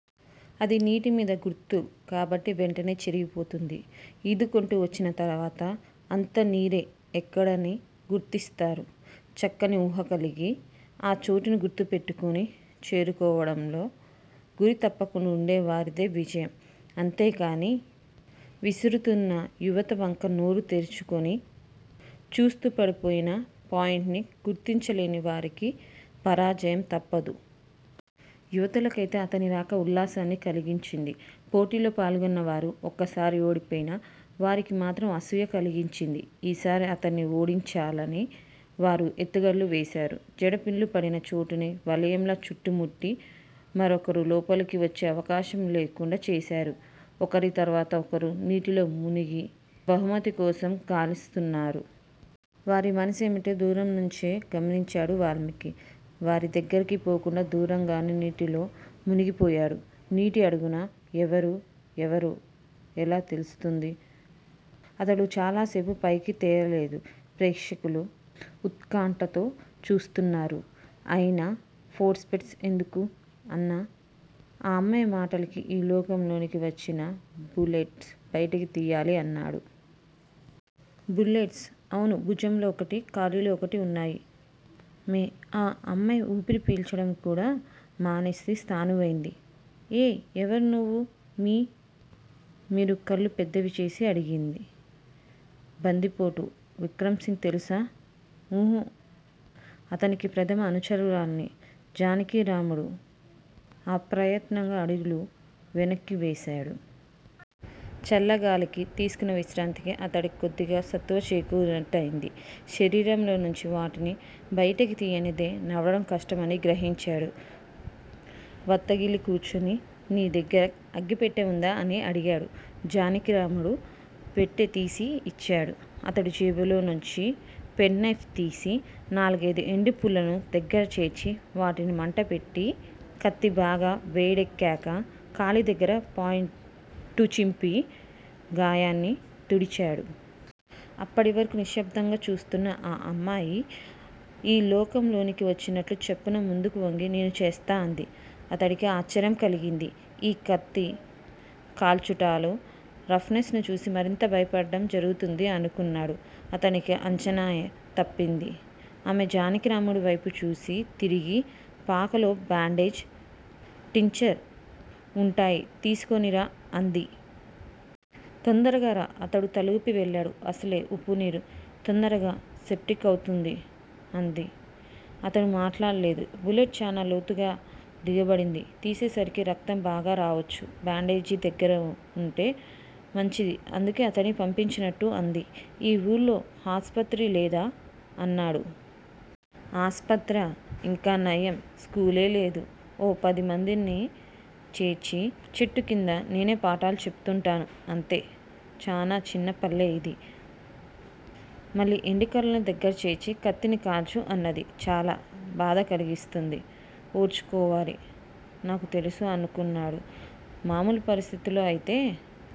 అది నీటి మీద గుర్తు కాబట్టి వెంటనే చెరిగిపోతుంది. ఈదుకుంటూ వచ్చిన తరువాత అంతా నీరే ఎక్కడని గుర్తిస్తారు. చక్కని ఊహ కలిగి ఆ చోటుని గుర్తుపెట్టుకుని చేరుకోవడంలో గురి తప్పకుండా ఉండే వారిదే విజయం. అంతేకాని విసురుతున్న యువతి వంక నోరు తెరుచుకుని చూస్తూ పడిపోయిన పాయింట్ ని గుర్తించలేని వారికి పరాజయం తప్పదు. యువతులకయితే అతని రాక ఉల్లాసాన్ని కలిగించింది. పోటీల్లో పాల్గొన్నవారు ఒకసారి ఓడిపోయిన వారికి మాత్రం అసూయ కలిగించింది. ఈసారి అతన్ని ఓడించాలని వారు ఎత్తుగడలు వేశారు. జడ పిన్ను పడిన చోటుని వలయంలా చుట్టుముట్టి మరొకరు లోపలికి వచ్చే అవకాశం లేకుండా చేశారు. ఒకరి తరువాత ఒకరుగా నీటిలో మునిగి బహుమతి కోసం గాలిస్తున్నారు. వారి మనసేమిటో దూరంనుంచే గమనించాడు వాల్మీకి. వారి దగ్గరకు పోకుండా దూరంగానే నీటిలో మునిగిపోయాడు. నీటి అడుగున ఎవరు ఎవరో ఎలా తెలుస్తుంది. అతడు చాలాసేపు పైకి తేలలేదు. ప్రేక్షకులు ఉత్కంఠతో చూస్తున్నారు. అయినా ఫోర్ సెప్స్ ఎందుకు? అన్న ఆ అమ్మాయి మాటలకి ఈ లోకంలోకి వచ్చి, బులెట్స్ బయటికి తీయాలి అన్నాడు. బులెట్స్? అవును భుజంలో ఒకటి- కాలిలో ఒకటి ఉన్నాయి- మే ఆ అమ్మాయి వూపిరి పీల్చటం కూడా మానేసి స్థాణువైంది. ఎ ఎవరు నువ్వ్ మీ మీరు కళ్ళు పెద్దవిచేసి అడిగింది. బందిపోటు విక్రమ్ సింగ్ తెలుసా ఊహూ అతడి ప్రథమ అనుచరుణ్ని జానకీరాముడు అప్రయత్నంగా అడుగులు వెనక్కి వేశాడు. చల్ల గాలికీ, తీసుకున్న విశ్రాంతికి, అతడికి కొద్దిగా సత్తువ చేకూరినట్టయింది. శరీరంలోనించి వాటిని బయటకు తీయనిదే నడవడం కష్టం అని గ్రహించాడు. వత్తిగిలి కూర్చుని నీ దగ్గిర అగ్గిపెట్టె ఉందా అని అడిగాడు! జానకీరాముడు పెట్టెతీసి ఇచ్చాడు. అతడు జేబులోనించి పెన్ నైఫ్ తీసి, నాలుగైదు ఎండు పుల్లలు దగ్గిర చేర్చి, వాటిని మంట పెట్టి కత్తి బాగా వేడెక్కాక, కాలి దగ్గర పాంటు చింపి గాయాన్ని తుడిచాడు. అప్పటి వరకూ నిశ్శబ్దంగా చూస్తున్న ఆ అమ్మాయి ఈ లోకం లోనికి వచ్చినట్లు చప్పున ముందుకు వంగి, నేను చేస్తాను అంది. అతడికి ఆశ్చర్యం కలిగింది. ఈ కత్తి కాల్చటాలూ, రఫ్ నెస్సూ చూసి మరింత భయపడటం జరుగుతుంది అనుకున్నాడు. అతనికి అంచనా తప్పయింది. ఆమె జానకిరాముడు వైపు తిరిగి పాకలో బ్యాండేజ్, టించర్ వుంటాయి తీసుకురా అంది. తొందరగా రా! అతడు తలూపి వెళ్లాడు. అసలే ఉప్పునీరు! తొందరగా సెప్టిక్ అవుతుంది అంది. అతడు మాట్లాడలేదు. బులెట్ చాలా లోతుగా దిగబడింది. తీసేసరికి రక్తం బాగా రావొచ్చు. బ్యాండేజి దగ్గరుంటే మంచిది అందుకే అతడిని పంపించినట్టు అంది. ఈ వూళ్ళో ఆస్పత్రి లేదా? అన్నాడు. ఆస్పత్రా? ఇంకా నయం. స్కూలే లేదు. ఓ పది మందిని చేర్చి చెట్టు క్రింద నేనే పాఠాలు చెప్తూంటాను అంతే. చాలా చిన్న పల్లె ఇది. మళ్ళీ ఎండు కర్రలు దగ్గిర చేర్చి కత్తిని కాల్చు అన్నది చాలా బాధకలిగిస్తుంది, ఓర్చుకోవాలి. నాకు తెలుసు అనుకున్నాడు. మామూలు పరిస్థితుల్లో అయితే